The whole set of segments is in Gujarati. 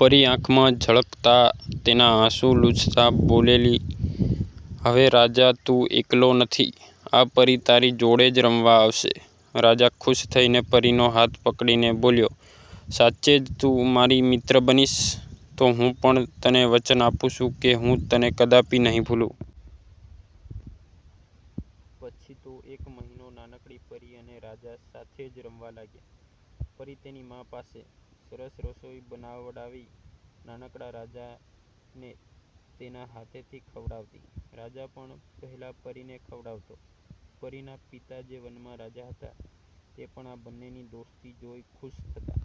પરી આંખમાં ઝળકતાં તેનાં આંસું લૂછતાં બોલેલી," હવે રાજા તું એકલો નથી, આ પરી તારી જોડે જ રમવા આવશે." રાજા ખુશ થઈને પરીનો હાથ પકડીને બોલ્યો,"સાચે જ તું મારી મિત્ર બનીશ? તો હું પણ તને વચન આપું છું કે હું તને કદાપિ નહીં ભૂલું." પછી તો એક મહિનો નાનકડી પરી અને રાજા સાથે જ રમવા લાગ્યાં. પરી તેની મા પાસે સરસ રસોઈ બનાવડાવી નાનકડાં રાજાને તેનાં હાથેથી ખવડાવતી. રાજા પણ પહેલાં પરીને ખવડાવતો. પરીના પિતા જે વનનાં રાજા હતાં તે પણ આ બંનેની દોસ્તી જોઈ ખુશ થતાં.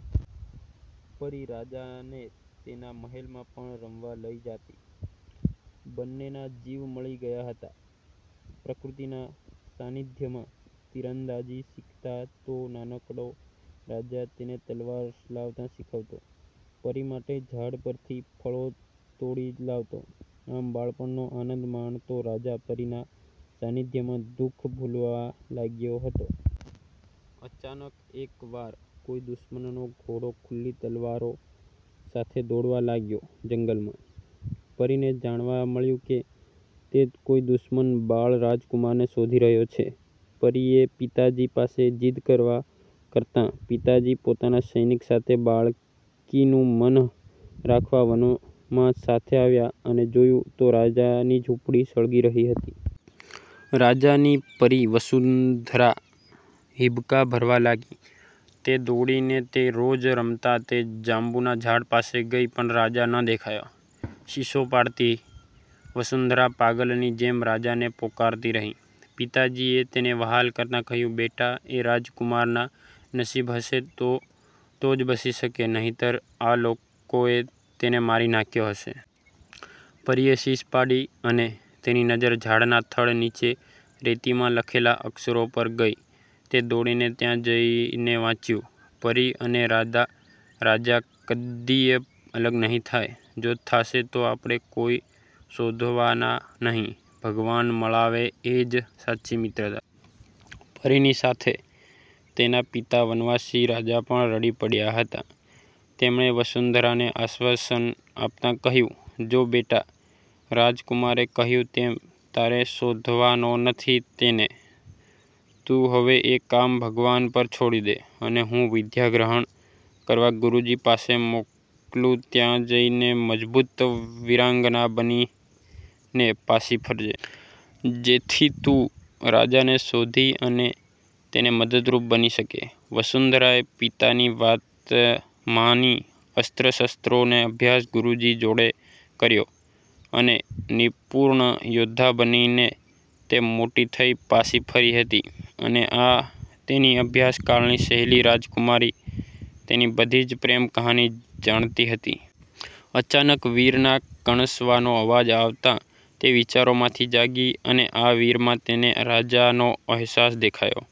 પરી રાજાને તેનાં મહેલમાં પણ રમવા લઈ જાતી. બંનેનાં જીવ મળી ગયાં હતાં. પ્રકૃતિના સાનિધ્યમાં તીરંદાજી શીખતાં તો નાનકડો રાજા તેને તલવાર ચલાવતા શીખવતો. પરી માટે ઝાડ પરથી ફળો તોડી લાવતો. આમ બાળપણનો આનંદ માણતો રાજા પરીના સાનિધ્યમાં દુખ ભૂલવાં લાગ્યો હતો. અચાનક એકવાર કોઈ દુશ્મનોના ઘોડાઓ ખુલ્લી તલવારો સાથે દોડવા લાગ્યાં જંગલમાં. પરીને જાણવાં મળ્યું કે,"તે કોઈ દુશ્મન બાળ રાજકુમારને શોધી રહ્યાં છે." પરીએ પિતાજી પાસે જીદ કરતાં પિતાજી પોતાનાં સૈનિકો સાથે બાળકીનું મન રાખવાં વનમાં સાથે આવ્યાં અને જોયું તો રાજાની ઝુંપડી સળગી રહી હતી. રાજાની પરી વસુંધરા હીબકાં ભરવા લાગી. તે દોડીને તે રોજ રમતાં તે જાંબુના ઝાડ પાસે ગઈ પણ રાજા ન દેખાયો. ચીસો પાડતી વસુંધરા પાગલની જેમ રાજાને પોકારતી રહી. પિતાજીએ તેને વહાલ કરતાં કહ્યું,"બેટા એ રાજકુમારના નશીબ હશે તો જ બચી શકે નહીતર આ લોકોએ તેને મારી નાખ્યો હશે." પરીએ ચીસ પાડી અને તેની નજ઼ર ઝાડનાં થડ નીચે રેતીમાં લખેલા અક્ષરો પર ગઈ તે દોડીને ત્યાં જઈને વાંચ્યું,"પરી અને રાજા કદીય અલગ નહીં થાય. જો થાશે તો આપડ઼ે કોઈએ શોધવાનાં નહીં, ભગવાન મળાવે એ જ સાચી મિત્રતા." પરીની સાથે તેનાં પિતા વનવાસી રાજા પણ રડી પડ્યાં હતાં. તેમણે વસુંધરાને આશ્વાસન આપતાં કહ્યું,"જો બેટા રાજકુમારે કહ્યું તેમ તારે શોધવાનો નથી તેને. તું હવે એ કામ ભગવાન પર છોડી દે, અને હું વિદ્યા ગ્રહણ કરવા ગુરુજી પાસે મોકલું ત્યાં જઈને મજબૂત વીરાંગના બનીને પાછી ફરજે. જેથી તું રાજાને શોધી અને તેને મદદરૂપ બની શકે." વસુંધરાએ પિતાની વાત માની અસ્ત્ર શસ્ત્રનો અભ્યાસ ગુરુજી જોડે કર્યોં, અને નિપુર્ણ યૌદ્ધા બનીને તે મોટી થઈ પાછી ફરી હતી, અને આ તેની અભ્યાસકાળની સહેલી રાજકુમારી તેની બધી જ પ્રેમ કહાની જાણતી હતી. અચાનક વીરનાં કણસવાનો અવાજ આવતાં તે વિચારોમાંથી જાગી અને આ વીરમાં તેને રાજાનો અહેસાસ દેખાયો.